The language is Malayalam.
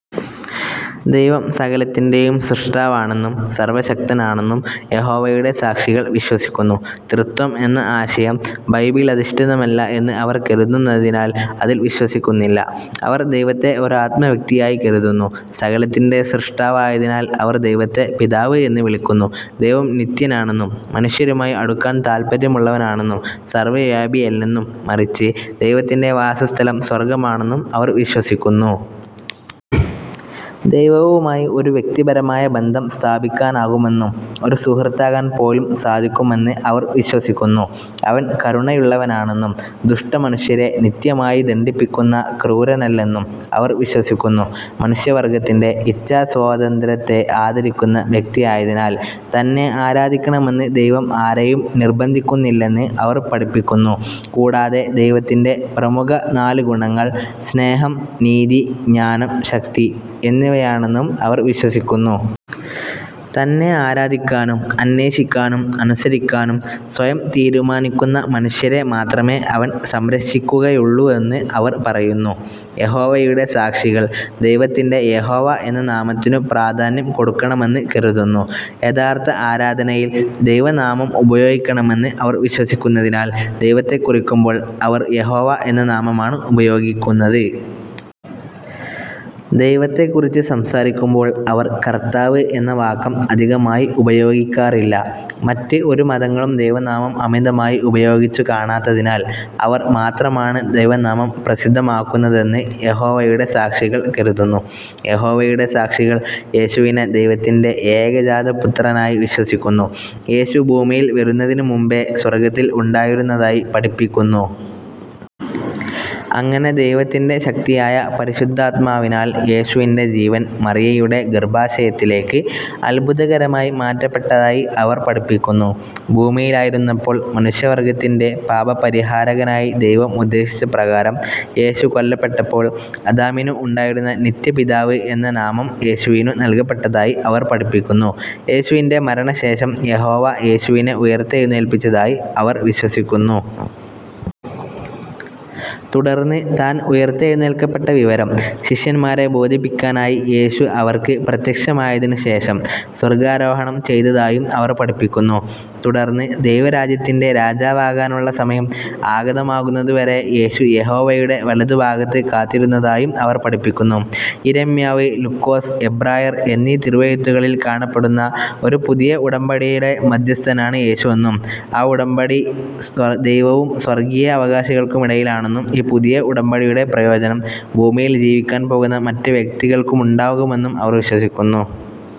ദൈവം സകലത്തിന്റെയും സ്രഷ്ടാവാണെന്നും സർവ്വശക്തനാണെന്നും യഹോവയുടെ സാക്ഷികൾ വിശ്വസിക്കുന്നു. ത്രിത്വം എന്ന ആശയം ബൈബിളധിഷ്ഠിതമല്ല എന്ന് അവർ കരുതുന്നതിനാൽ അതിൽ വിശ്വസിക്കുന്നില്ല. അവർ ദൈവത്തെ ഒരാത്മവ്യക്തിയായി കരുതുന്നു, സകലത്തിന്റെ സ്രഷ്ടാവായതിനാൽ അവർ ദൈവത്തെ പിതാവ് എന്ന് വിളിക്കുന്നു. ദൈവം നിത്യനാണെന്നും, മനുഷ്യരുമായി അടുക്കാൻ താല്പര്യമുള്ളവനാണെന്നും, സർവ്വവ്യാപിയല്ലെന്നും മറിച്ച് ദൈവത്തിന്റെ വാസസ്ഥലം സ്വർഗ്ഗമാണെന്നും അവർ വിശ്വസിക്കുന്നു. ദൈവവുമായി ഒരു വ്യക്തിപരമായ ബന്ധം സ്ഥാപിക്കാനാകുമെന്നും, ഒരു സുഹൃത്താകാൻ പോലും സാധിക്കുമെന്ന് അവർ വിശ്വസിക്കുന്നു. അവൻ കരുണയുള്ളവനാണെന്നും, ദുഷ്ടമനുഷ്യരെ നിത്യമായി ദണ്ഡിപ്പിക്കുന്ന ക്രൂരനല്ലെന്നും അവർ വിശ്വസിക്കുന്നു. മനുഷ്യവർഗ്ഗത്തിന്റെ ഇച്ഛാസ്വാതന്ത്ര്യത്തെ ആദരിക്കുന്ന വ്യക്തിയായതിനാൽ, തന്നെ ആരാധിക്കണമെന്ന് ദൈവം ആരെയും നിർബന്ധിക്കുന്നില്ലെന്ന് അവർ പഠിപ്പിക്കുന്നു. കൂടാതെ ദൈവത്തിന്റെ പ്രമുഖ നാല് ഗുണങ്ങൾ സ്നേഹം, നീതി, ജ്ഞാനം, ശക്തി എന്നിവയാണെന്നും അവർ വിശ്വസിക്കുന്നു. തന്നെ ആരാധിക്കാനും, അന്വേഷിക്കാനും, അനുസരിക്കാനും സ്വയം തീരുമാനിക്കുന്ന മനുഷ്യരെ മാത്രമേ അവൻ സംരക്ഷിക്കുകയുള്ളുവെന്ന് അവർ പറയുന്നു. യഹോവയുടെ സാക്ഷികൾ ദൈവത്തിന്റെ യഹോവ എന്ന നാമത്തിനു പ്രാധാന്യം കൊടുക്കണമെന്ന് കരുതുന്നു. യഥാർഥ ആരാധനയിൽ ദൈവനാമം ഉപയോഗിക്കണമെന്ന് ഇവർ വിശ്വസിക്കുന്നതിനാൽ, ദൈവത്തെകുറിക്കുമ്പോൾ അവർ യഹോവ എന്ന നാമമാണ് ഉപയോഗിക്കുന്നത്. ദൈവത്തെക്കുറിച്ച് സംസാരിക്കുമ്പോൾ അവർ "കർത്താവ്" എന്ന വാക്ക് അധികമായി ഉപയോഗിക്കാറില്ല. മറ്റ് ഒരു മതങ്ങളും ദൈവനാമം അധികമായി ഉപയോഗിച്ചു കാണാത്തതിനാൽ അവർ മാത്രമാണ് ദൈവനാമം പ്രസിദ്ധമാക്കുന്നതെന്ന് യഹോവയുടെ സാക്ഷികൾ കരുതുന്നു. യഹോവയുടെ സാക്ഷികൾ യേശുവിനെ ദൈവത്തിന്റെ ഏകജാതപുത്രനായി വിശ്വസിക്കുന്നു, യേശു ഭൂമിയിൽ വരുന്നതിനു മുൻപേ സ്വർഗത്തിൽ ഉണ്ടായിരുന്നതായി പഠിപ്പിക്കുന്നു. അങ്ങനെ ദൈവത്തിന്റെ ശക്തിയായ പരിശുദ്ധാത്മാവിനാൽ യേശുവിന്റെ ജീവൻ മറിയയുടെ ഗർഭാശയത്തിലേക്ക് അത്ഭുതകരമായി മാറ്റപ്പെട്ടതായി അവർ പഠിപ്പിക്കുന്നു. ഭൂമിയിലായിരുന്നപ്പോൾ മനുഷ്യവർഗ്ഗത്തിന്റെ പാപപരിഹാരകനായി ദൈവം ഉദ്ദേശിച്ച പ്രകാരം യേശു കൊല്ലപ്പെട്ടപ്പോൾ, അദാമിനു ഉണ്ടായിരുന്ന "നിത്യപിതാവ്" എന്ന നാമം യേശുവിനു നൽകപ്പെട്ടതായി അവർ പഠിപ്പിക്കുന്നു. യേശുവിന്റെ മരണശേഷം യഹോവ യേശുവിനെ ഉയർത്തെഴുന്നേൽപ്പിച്ചതായി അവർ വിശ്വസിക്കുന്നു. തുടർന്ന് താൻ ഉയർത്തേഴുന്നേൽക്കപ്പെട്ട വിവരം ശിഷ്യന്മാരെ ബോധിപ്പിക്കാനായി യേശു അവർക്ക് പ്രത്യക്ഷമായതിനു ശേഷം, സ്വർഗ്ഗാരോഹണം ചെയ്തതായും അവർ പഠിപ്പിക്കുന്നു. തുടർന്ന് ദൈവരാജ്യത്തിന്റെ രാജാവാകാനുള്ള സമയം ആഗതമാകുന്നതു വരെ യേശു യഹോവയുടെ വലത്തുഭാഗത്ത് കാത്തിരുന്നതായും അവർ പഠിപ്പിക്കുന്നു. യിരെമ്യാവ്, ലുക്കൊസ്, എബ്രായർ; എന്നീ തിരുവെഴുത്തുകളിൽ കാണപ്പെടുന്ന ഒരു "പുതിയ ഉടമ്പടിയുടെ" മദ്ധ്യസ്ഥനാണ് യേശുവെന്നും, ആ ഉടമ്പടി ദൈവവും സ്വർഗ്ഗിയ അവകാശികൾക്കുമിടയിലാണെന്നും, ഈ പുതിയ ഉടമ്പടിയുടെ പ്രയോജനം ഭൂമിയിൽ ജീവിക്കാൻ പോകുന്ന മറ്റ് വ്യക്തികൾക്കുമുണ്ടാകുമെന്നും അവർ വിശ്വസിക്കുന്നു.